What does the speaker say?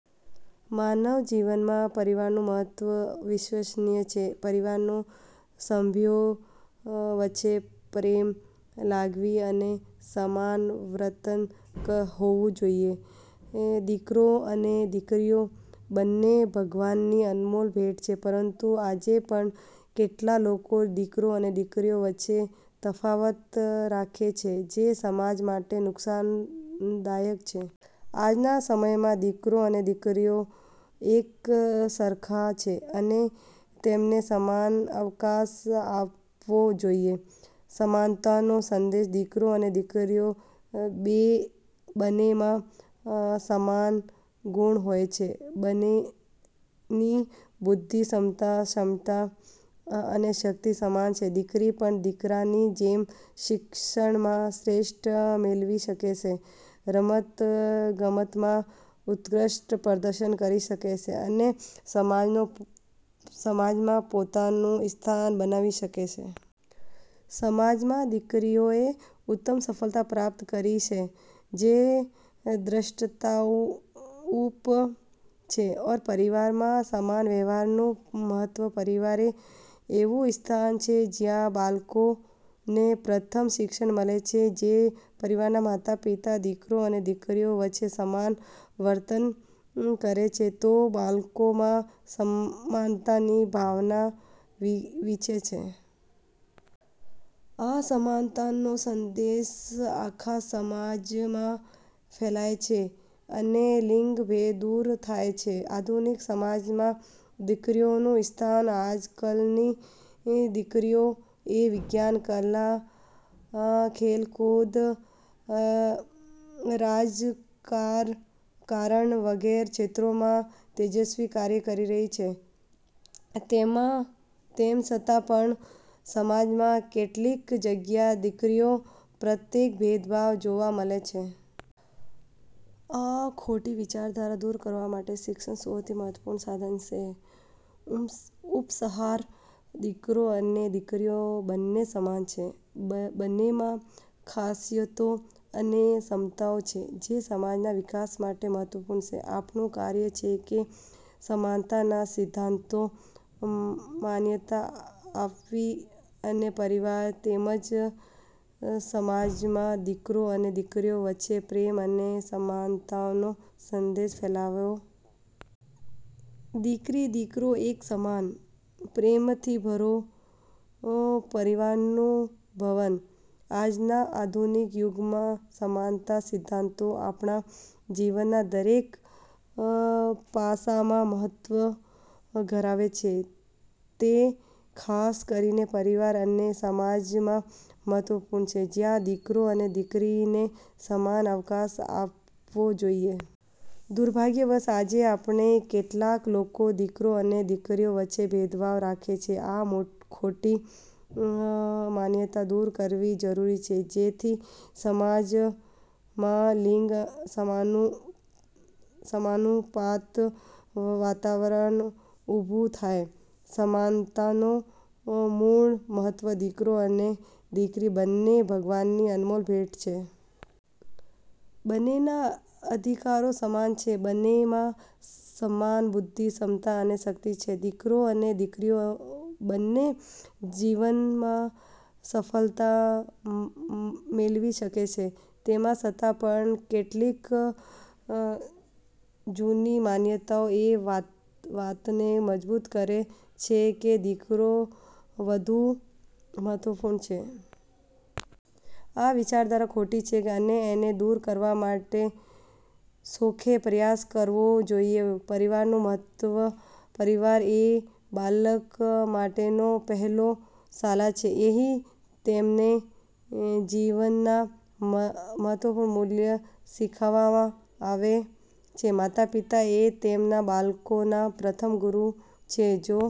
માનવ જીવનમાં પરિવારનું મહત્વ અવિશ્વસનીય છે. પરિવારના સભ્યો વચ્ચે પ્રેમ, લાગણી અને સમાન વર્તન હોવું જોઈએ. દીકરો અને દીકરી બંને ભગવાનની અનમોલ ભેટ છે. પરંતુ આજે પણ કેટલાક લોકો દીકરો અને દીકરી વચ્ચે તફાવત રાખે છે, જે સમાજ માટે નુકસાનદાયક છે. આજના સમયમાં દીકરો અને દીકરી એકસરખા છે, અને તેમને સમાન અવકાશ આપવો જોઈએ. સમાનતાનો સંદેશ દીકરો અને દીકરી બંનેમાં સમાન ગુણ હોય છે. બંનેની બુદ્ધિમત્તા, ક્ષમતા અને શક્તિ સમાન છે. દીકરી પણ દીકરાની જેમ શિક્ષણમાં શ્રેષ્ઠતા મેળવી શકે છે, રમતગમતમાં ઉત્કૃષ્ટ પ્રદર્શન કરી શકે છે અને સમાજમાં પોતાનું સ્થાન બનાવી શકે છે. સમાજમાં દીકરીઓએ ઉત્તમ સફળતા પ્રાપ્ત કરી છે, જે દ્રષ્ટતાઓ ઉપ છે. પરિવારમાં સમાન વ્યવહારનું મહત્વ પરિવાર એ એવું સ્થાન છે જ્યાં બાળકોને પ્રથમ શિક્ષણ મળે છે. જો પરિવારના માતા-પિતા દીકરો અને દીકરી વચ્ચે સમાન વર્તન કરે છે, તો બાળકોમાં સમાનતાની ભાવના વિકસે છે. આ સમાનતાનો સંદેશ આખા સમાજમાં ફેલાય છે અને લિંગભેદ દૂર થાય છે. આધુનિક સમાજમાં દીકરીઓનું સ્થાન આજકાલની દીકરીઓ એ વિજ્ઞાન, કલા, ખેલકૂદ, રાજકારણ વગેરે ક્ષેત્રોમાં તેજસ્વી કાર્ય કરી રહી છે. તેમ છતાં પણ, સમાજમાં કેટલીક જગ્યાએ દીકરીઓ પ્રત્યે ભેદભાવ જોવા મળે છે. આ ખોટી વિચારધારા દૂર કરવા માટે શિક્ષણ સૌથી મહત્વપૂર્ણ સાધન છે. ઉપસંહાર દીકરો અને દીકરી બંને સમાન છે. બંનેમાં ખાસિયતો અને ક્ષમતાઓ છે, જે સમાજના વિકાસ માટે મહત્વપૂર્ણ છે. આપણું કાર્ય છે કે સમાનતા ના સિદ્ધાંતોને માન્યતા આપવી અને પરિવાર તેમજ સમાજમાં દીકરો અને દીકરી વચ્ચે પ્રેમ અને સમાનતાનો સંદેશ ફેલાવવો. "દીકરો દીકરી એક સમાન, પ્રેમથી ભરો પરિવારનું જીવન" આજના આધુનિક યુગમાં સમાનતાના સિદ્ધાંતો આપણા જીવનના દરેક પાસામાં મહત્વ ધરાવે છે. તે ખાસ કરીને પરિવાર અને સમાજમાં મહત્વપૂર્ણ છે, જ્યાં દીકરો અને દીકરીને સમાન અવકાશ આપવો જોઈએ. દુર્ભાગ્યવશ, આજે પણ કેટલાક લોકો દીકરો અને દીકરી વચ્ચે ભેદભાવ રાખે છે. આ ખોટી માન્યતાઓ દૂર કરવી જરૂરી છે જેથી સમાજમાં લિંગ સમાનતાનું વાતાવરણ ઉભું થાય. સમાનતાનો મૂળ તત્વ દીકરો અને દીકરી બંને ભગવાનની અનમોલ ભેટ છે. બંનેના અધિકારો સમાન છે, બંનેમાં સમાન બુદ્ધિ, ક્ષમતા અને શક્તિ છે. દીકરો અને દીકરી બંને જીવનમાં સફળતા મેળવી શકે છે. તેમ છતાં પણ, કેટલીક જૂની માન્યતાઓ એ વાતને મજબૂત કરે છે કે દીકરો વધુ મહત્વપૂર્ણ છે. આ વિચારધારા ખોટી છે અને એને દૂર કરવા માટે સૌએ પ્રયાસ કરવો જોઈએ. પરિવારનું મહત્વ પરિવાર એ બાળક માટેનો પહેલો શાળા છે. અહીં તેમને જીવનના મહત્વપૂર્ણ મૂલ્યો શીખવામાં આવે છે. માતા-પિતા એ તેમના બાળકોના પ્રથમ ગુરુ છે. જો